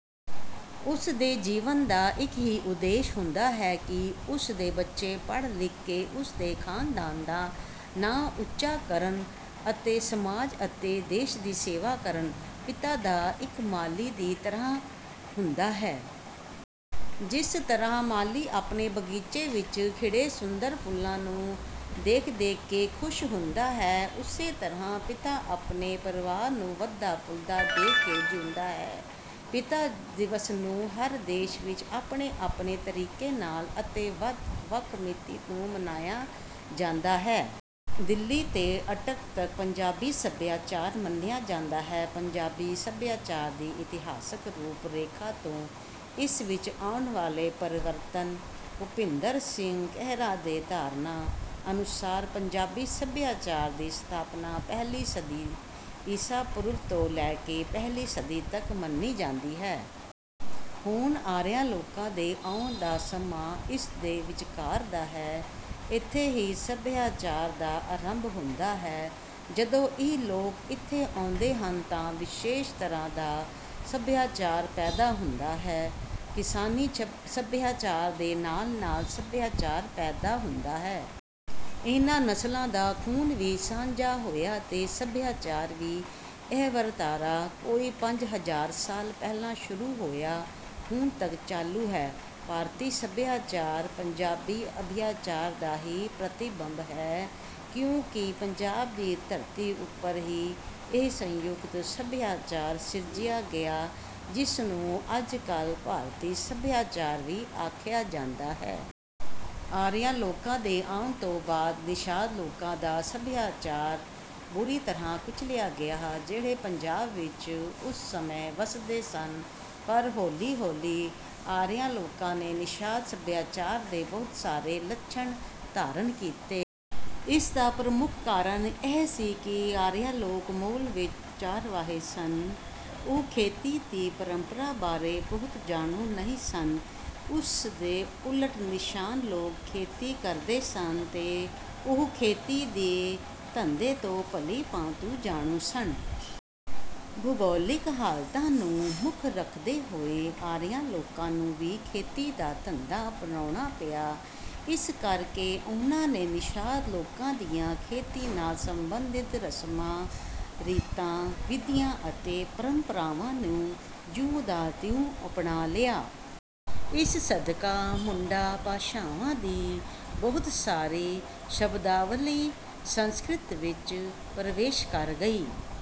ਉਸ ਦੇ ਜੀਵਨ ਦਾ ਇੱਕ ਹੀ ਉਦੇਸ਼ ਹੁੰਦਾ ਹੈ ਕਿ ਉਸ ਦੇ ਬੱਚੇ ਪੜ੍ਹ ਲਿਖ ਕੇ ਉਸ ਦੇ ਖਾਨਦਾਨ ਦਾ ਨਾਂ ਉੱਚਾ ਕਰਨ ਅਤੇ ਸਮਾਜ ਅਤੇ ਦੇਸ਼ ਦੀ ਸੇਵਾ ਕਰਨ। ਪਿਤਾ ਤਾਂ ਇੱਕ ਮਾਲੀ ਦੀ ਤਰ੍ਹਾਂ ਹੁੰਦਾ ਹੈ। ਜਿਸ ਤਰ੍ਹਾਂ ਮਾਲੀ ਆਪਣੇ ਬਗੀਚੇ ਵਿੱਚ ਖਿੜੇ ਸੁੰਦਰ ਫੁੱਲਾਂ ਨੂੰ ਦੇਖ ਦੇਖ ਕੇ ਖੁਸ਼ ਹੁੰਦਾ ਹੈ ਉਸੇ ਤਰ੍ਹਾਂ ਪਿਤਾ ਆਪਣੇ ਪਰਿਵਾਰ ਨੂੰ ਵਧਦਾ ਫੁੱਲਦਾ ਦੇਖ ਕੇ ਜਿਉਂਦਾ ਹੈ। ਪਿਤਾ ਦਿਵਸ ਨੂੰ ਹਰ ਦੇਸ਼ ਵਿੱਚ ਆਪਣੇ ਆਪਣੇ ਤਰੀਕੇ ਨਾਲ ਅਤੇ ਵੱਖ ਵੱਖ ਮਿਤੀ ਨੂੰ ਮਨਾਇਆ ਜਾਂਦਾ ਹੈ। ਦਿੱਲੀ ਤੋਂ ਅਟਕ ਤੱਕ ਪੰਜਾਬੀ ਸੱਭਿਆਚਾਰ ਮੰਨਿਆ ਜਾਂਦਾ ਹੈ। ਪੰਜਾਬੀ ਸੱਭਿਆਚਾਰ ਦੀ ਇਤਿਹਾਸਕ ਰੂਪ ਰੇਖਾ ਤੇ ਇਸ ਵਿੱਚ ਆਉਣ ਵਾਲੇ ਪਰਿਵਰਤਨ। ਭੁਪਿੰਦਰ ਸਿੰਘ ਖਹਿਰਾ ਦੀ ਧਾਰਨਾ ਅਨੁਸਾਰ ਪੰਜਾਬੀ ਸੱਭਿਆਚਾਰ ਦੀ ਸਥਾਪਨਾ ਪਹਿਲੀ ਸਦੀ ਈਸਾ ਪੂਰਵ ਤੋਂ ਲੈ ਕੇ ਪਹਿਲੀ ਸਦੀ ਤੱਕ ਮੰਨੀ ਜਾਂਦੀ ਹੈ। ਹੁਣ ਆਰੀਆ ਲੋਕਾਂ ਦੇ ਆਉਣ ਦਾ ਸਮਾਂ ਇਸਦੇ ਵਿਚਕਾਰ ਦਾ ਹੈ। ਇੱਥੇ ਹੀ ਸੱਭਿਆਚਾਰ ਦਾ ਆਰੰਭ ਹੁੰਦਾ ਹੈ। ਜਦੋਂ ਇਹ ਲੋਕ ਇੱਥੇ ਆਉਂਦੇ ਹਨ ਤਾਂ ਵਿਸ਼ੇਸ਼ ਤਰ੍ਹਾਂ ਦਾ ਸੱਭਿਆਚਾਰ ਪੈਦਾ ਹੁੰਦਾ ਹੈ। ਕਿਸਾਨੀ ਸੱਭਿਆਚਾਰ ਦੇ ਨਾਲ ਨਾਲ ਸੱਭਿਆਚਾਰ ਪੈਦਾ ਹੁੰਦਾ ਹੈ। ਇਹਨਾਂ ਨਸਲਾਂ ਦਾ ਖੂਨ ਵੀ ਸਾਂਝਾ ਹੋਇਆ ਤੇ ਸੱਭਿਆਚਾਰ ਵੀ। ਇਹ ਵਰਤਾਰਾ ਕੋਈ ਪੰਜ ਹਜ਼ਾਰ ਸਾਲ ਪਹਿਲਾਂ ਸ਼ੁਰੂ ਹੋਇਆ ਹੁਣ ਤੱਕ ਚਾਲੂ ਹੈ। ਭਾਰਤੀ ਸੱਭਿਆਚਾਰ ਪੰਜਾਬੀ ਸੱਭਿਆਚਾਰ ਦਾ ਹੀ ਪ੍ਰਤੀਬਿੰਬ ਹੈ ਕਿਉਂਕਿ ਪੰਜਾਬ ਦੀ ਧਰਤੀ ਉੱਪਰ ਹੀ ਇਹ ਸੰਯੁਕਤ ਸੱਭਿਆਚਾਰ ਸਿਰਜਿਆ ਗਿਆ ਜਿਸਨੂੰ ਅੱਜ ਕੱਲ ਭਾਰਤੀ ਸੱਭਿਆਚਾਰ ਵੀ ਆਖਿਆ ਜਾ ਸਕਦਾ ਹੈ। ਆਰੀਆ ਲੋਕਾਂ ਦੇ ਆਉਣ ਤੋਂ ਬਾਅਦ ਨਿਸ਼ਾਦ ਲੋਕਾਂ ਦਾ ਸੱਭਿਆਚਾਰ ਬੁਰੀ ਤਰ੍ਹਾਂ ਕੁਚਲਿਆ ਗਿਆ। ਜਿਹੜੇ ਪੰਜਾਬ ਵਿੱਚ ਉਸ ਸਮੇਂ ਵਸਦੇ ਸਨ ਪਰ ਹੌਲੀ ਹੌਲੀ ਆਰੀਆ ਲੋਕਾਂ ਨੇ ਨਿਸ਼ਾਦ ਸੱਭਿਆਚਾਰ ਦੇ ਬਹੁਤ ਸਾਰੇ ਲੱਛਣ ਧਾਰਨ ਕੀਤੇ। ਇਸਦਾ ਪ੍ਰਮੁੱਖ ਕਾਰਨ ਇਹ ਸੀ ਕਿ ਆਰੀਆ ਲੋਕ ਮੂਲ ਵਿੱਚ ਚਰਵਾਹੇ ਸਨ। ਉਹ ਖੇਤੀ ਦੀ ਪਰੰਪਰਾ ਬਾਰੇ ਬਹੁਤੇ ਜਾਣੂ ਨਹੀਂ ਸਨ। ਇਸਦੇ ਉਲਟ ਨਿਸ਼ਾਦ ਲੋਕ ਖੇਤੀ ਕਰਦੇ ਸਨ ਤੋਂ ਉਹ ਖੇਤੀ ਦੇ ਧੰਦੇ ਤੋਂ ਭਲੀ ਭਾਂਤ ਜਾਣੂ ਸਨ। ਭੂਗੋਲਿਕ ਹਾਲਤਾਂ ਨੂੰ ਮੁੱਖ ਰੱਖਦੇ ਹੋਏ ਆਰੀਆਂ ਲੋਕਾਂ ਨੂੰ ਵੀ ਖੇਤੀ ਦਾ ਧੰਦਾ ਅਪਣਾਉਣਾ ਪਿਆ। ਇਸ ਕਰਕੇ ਉਨ੍ਹਾਂ ਨੇ ਨਿਸ਼ਾਦ ਲੋਕਾਂ ਦੀਆਂ ਖੇਤੀ ਨਾਲ ਸਬੰਧਿਤ ਰਸਮਾਂ ਰੀਤਾਂ ਵਿਧੀਆਂ ਅਤੇ ਪਰੰਪਰਾਵਾਂ ਨੂੰ ਜਿਉਂ ਦਾ ਤਿਉਂ ਅਪਣਾ ਲਿਆ। ਇਸ ਸਦਕਾ ਮੁੰਡਾ ਭਾਸ਼ਾਵਾਂ ਦੀ ਬਹੁਤ ਸਾਰੀ ਸ਼ਬਦਾਵਲੀ ਸੰਸਕ੍ਰਿਤ ਵਿੱਚ ਪ੍ਰਵੇਸ਼ ਕਰ ਗਈ।